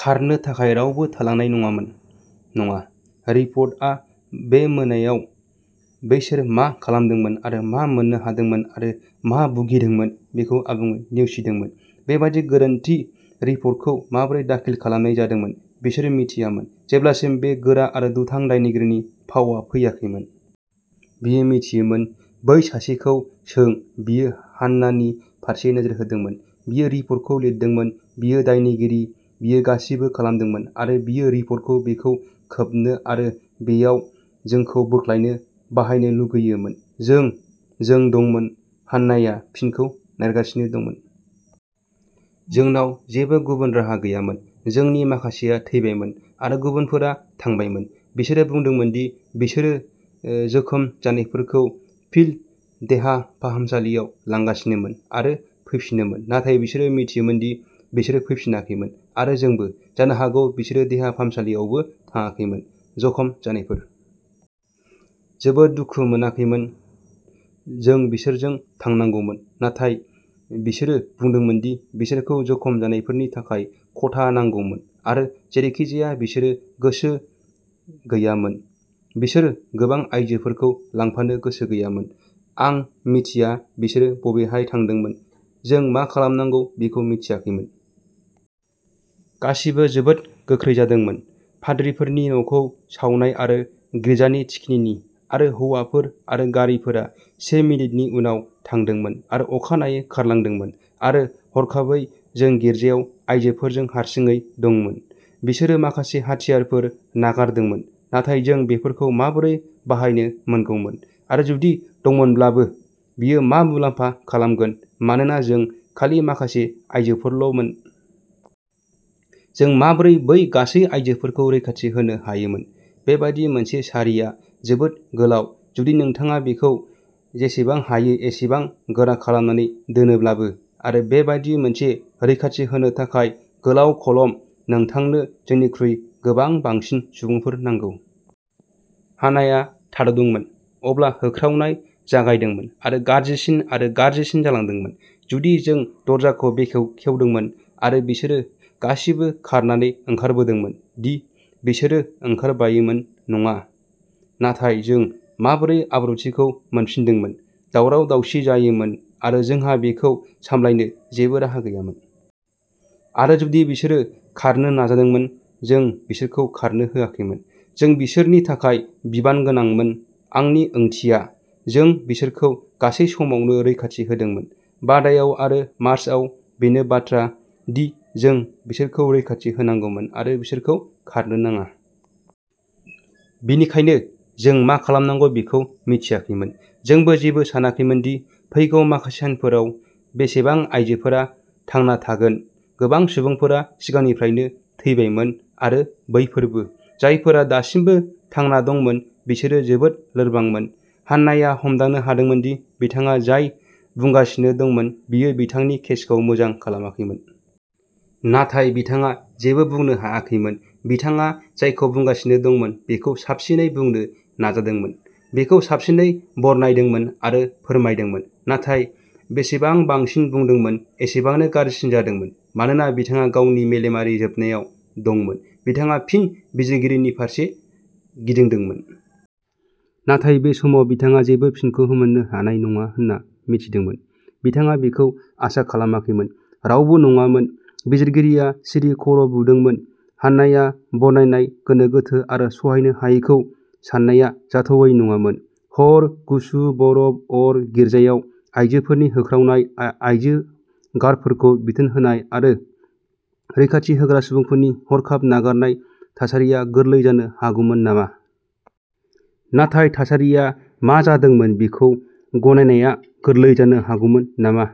खारनो थाखाय रावबो थालांनाय नङामोन। नङा, रिपर्टआ बै मोनायाव बिसोर मा खालामदोंमोन आरो मा मोन्नो हादोंमोन आरो मा भुगिदोंमोन बेखौ आबुङै नेवसिदोंमोन। बेबादि गोरोन्थि रिपर्टखौ माबोरै दाखिल खालामनाय जादोंमोन? बिसोर मिथियामोन। जेब्लासिम बे गोरा आरो दुथां दायनिगिरिनि फावआ फैयाखैमोन। बियो मिथियोमोन। बै सासेखौ सों बियो हान्नानि फारसे नोजोर होदोंमोन। बियो रिपर्टखौ लिरदोंमोन। बियो दायनिगिरि, बियो गासैबो खालामदोंमोन, आरो बियो रिपर्टखौ बेखौ खोबनो आरो बेयाव जोंखौ बोख्लायनो बाहायनो लुगैयोमोन। जों, जों दंमोन हान्नाया फिनखौ नागिरगासिनो दंमोन। जोंनाव जेबो गुबुन राहा गैयामोन। जोंनि माखासेआ थैबायमोन, आरो गुबुनफोरा थांबायमोन। बिसोरो बुंदोंमोन दि बिसोरो ओ जोखोम जानायफोरखौ फिल्ड देहा फाहामसालियाव लांगासिनोमोन आरो फैफिनोमोन, नाथाय बिसोरो मिथियोमोन दि बिसोर फैफिनाखैमोन, आरो जोंबो। जानो हागौ बिसोरो देहा फाहामसालियावबो थांआखैमोन, जखम जानायफोर। जोबोद दुखु मोनाखैमोन। जों बिसोरजों थांनांगौमोन, नाथाय बिसोरो बुंदोंमोन दि बिसोरखौ जखम जानायफोरनि थाखाय खथा नांगौमोन, आरो जेरैखिजाया बिसोर गोसो गैयामोन बिसोर गोबां आयजोफोरखौ लांफानो गोसो गैयामोन। आं मिथिया बिसोर बबेहाय थांदोंमोन। जों मा खालामनांगौ बेखौ मिथियाखैमोन। गासैबो जोबोद गोख्रै जादोंमोन, पाद्रिफोरनि न'खौ सावनाय आरो गिर्जानि थिखिनि, आरो हौवाफोर आरो गारिफोरा से मिनिटनि उनाव थांदोंमोन आरो अखानायै खारलांदोंमोन, आरो हरखाबै जों गिर्जायाव आइजोफोरजों हारसिङै दंमोन। बिसोरो माखासे हाथियारफोर नागारदोंमोन, नाथाय जों बेफोरखौ माबोरै बाहायनो मोनगौमोन, आरो जुदि दंमोनब्लाबो, बेयो मा मुलाम्फा खालामगोन, मानोना जों खालि माखासे आइजोफोरल'मोन? जों माबोरै बै गासै आयजोफोरखौ रैखाथि होनो हायोमोन? बेबादि मोनसे सारिआ जोबोद गोलाव, जुदि नोंथाङा बेखौ जेसेबां हायो एसेबां गोरा खालामनानै दोनोब्लाबो, आरो बेबादि मोनसे रैखाथि होनो थाखाय। गोलाव कलम, नोंथांनो जोंनिख्रुइ गोबां बांसिन सुबुंफोर नांगौ। हानाआ थाद'दोंमोन। अब्ला होख्रावनाय जागायदोंमोन आरो गाज्रिसिन आरो गाज्रिसिन जालांदोंमोन। जुदि जों दरजाखौ बेखेव खेवदोंमोन आरो बिसोरो गासिबो खारनानै ओंखारबोदोंमोन दि बिसोरो ओंखारबोयोमोन नङा, नाथाय जों माबोरै आब्रुथिखौ मोनफिनदोंमोन? दावराव-दावसि जायोमोन, आरो जोंहा बेखौ सामलायनो जेबो राहा गैयामोन। आरो जुदि बिसोरो खारनो नाजादोंमोन जों बिसोरखौ खारनो होआखैमोन। जों बिसोरनि थाखाय बिबान गोनांमोन आंनि ओंथिया, जों बिसोरखौ गासै समावनो रैखाथि होदोंमोन, बादायाव आरो मार्चआव, बेनो बाथ्रा, दि जों बिसोरखौ रैखाथि होनांगौमोन आरो बिसोरखौ खारनो नाङा। बेनिखायनो जों मा खालामनांगौ बेखौ मिथियाखैमोन। जोंबो जेबो सानाखैमोन दि फैगौ माखासे सानफोराव बेसेबां आइजोफोरा थांना थागोन। गोबां सुबुंफोरा सिगांनिफ्रायनो थैबायमोन, आरो बैफोरबो। जायफोरा दासिमबो थांना दंमोन बिसोरो जोबोद लोरबांमोन हान्नाया हमदांनो हादोंमोन दि बिथाङा जाय बुंगासिनो दंमोन बियो बिथांनि केसखौ मोजां खालामाखैमोन। नाथाय बिथाङा जेबो बुंनो हायाखैमोन। बिथाङा जायखौ बुंगासिनो दंमोन बेखौ साबसिनै बुंनो नाजादोंमोन, बेखौ साबसिनै बरनायदोंमोन आरो फोरमायदोंमोन। नाथाय बेसेबां बांसिन बुंदोंमोन, एसेबांनो गाज्रिसिन जादोंमोन। मानोना बिथाङा गावनि मेलेमारि जोबनायाव दंमोन, बिथाङा फिन बिजिरगिरिनि फारसे गिदिंदोंमोन। नाथाय बे समाव बिथाङा जेबो फिनखौ मोन्नो हानाय नङा होन्ना मिथिदोंमोन। बिथाङा बेखौ आसा खालामाखैमोन। रावबो नङामोन। बिजिरगिरिया सिरि खर'बुदोंमोन। हान्नाया बरनायनाय गोनो-गोथो आरो सहायनो हायैखौ साननाया जाथावै नङामोन। हर, गुसु, बरफ, अर, गिर्जायाव आयजोफोरनि होख्रावनाय, आयजो गार्डफोरखौ बिथोन होनाय आरो रैखाथि होग्रा सुबुंफोरनि हरखाब नागारनाय थासारिया गोरलै जानो हागौमोन नामा? नाथाय थासारिया मा जादोंमोन बेखौ गनायनाया गोरलै जानो हागौमोन नामा?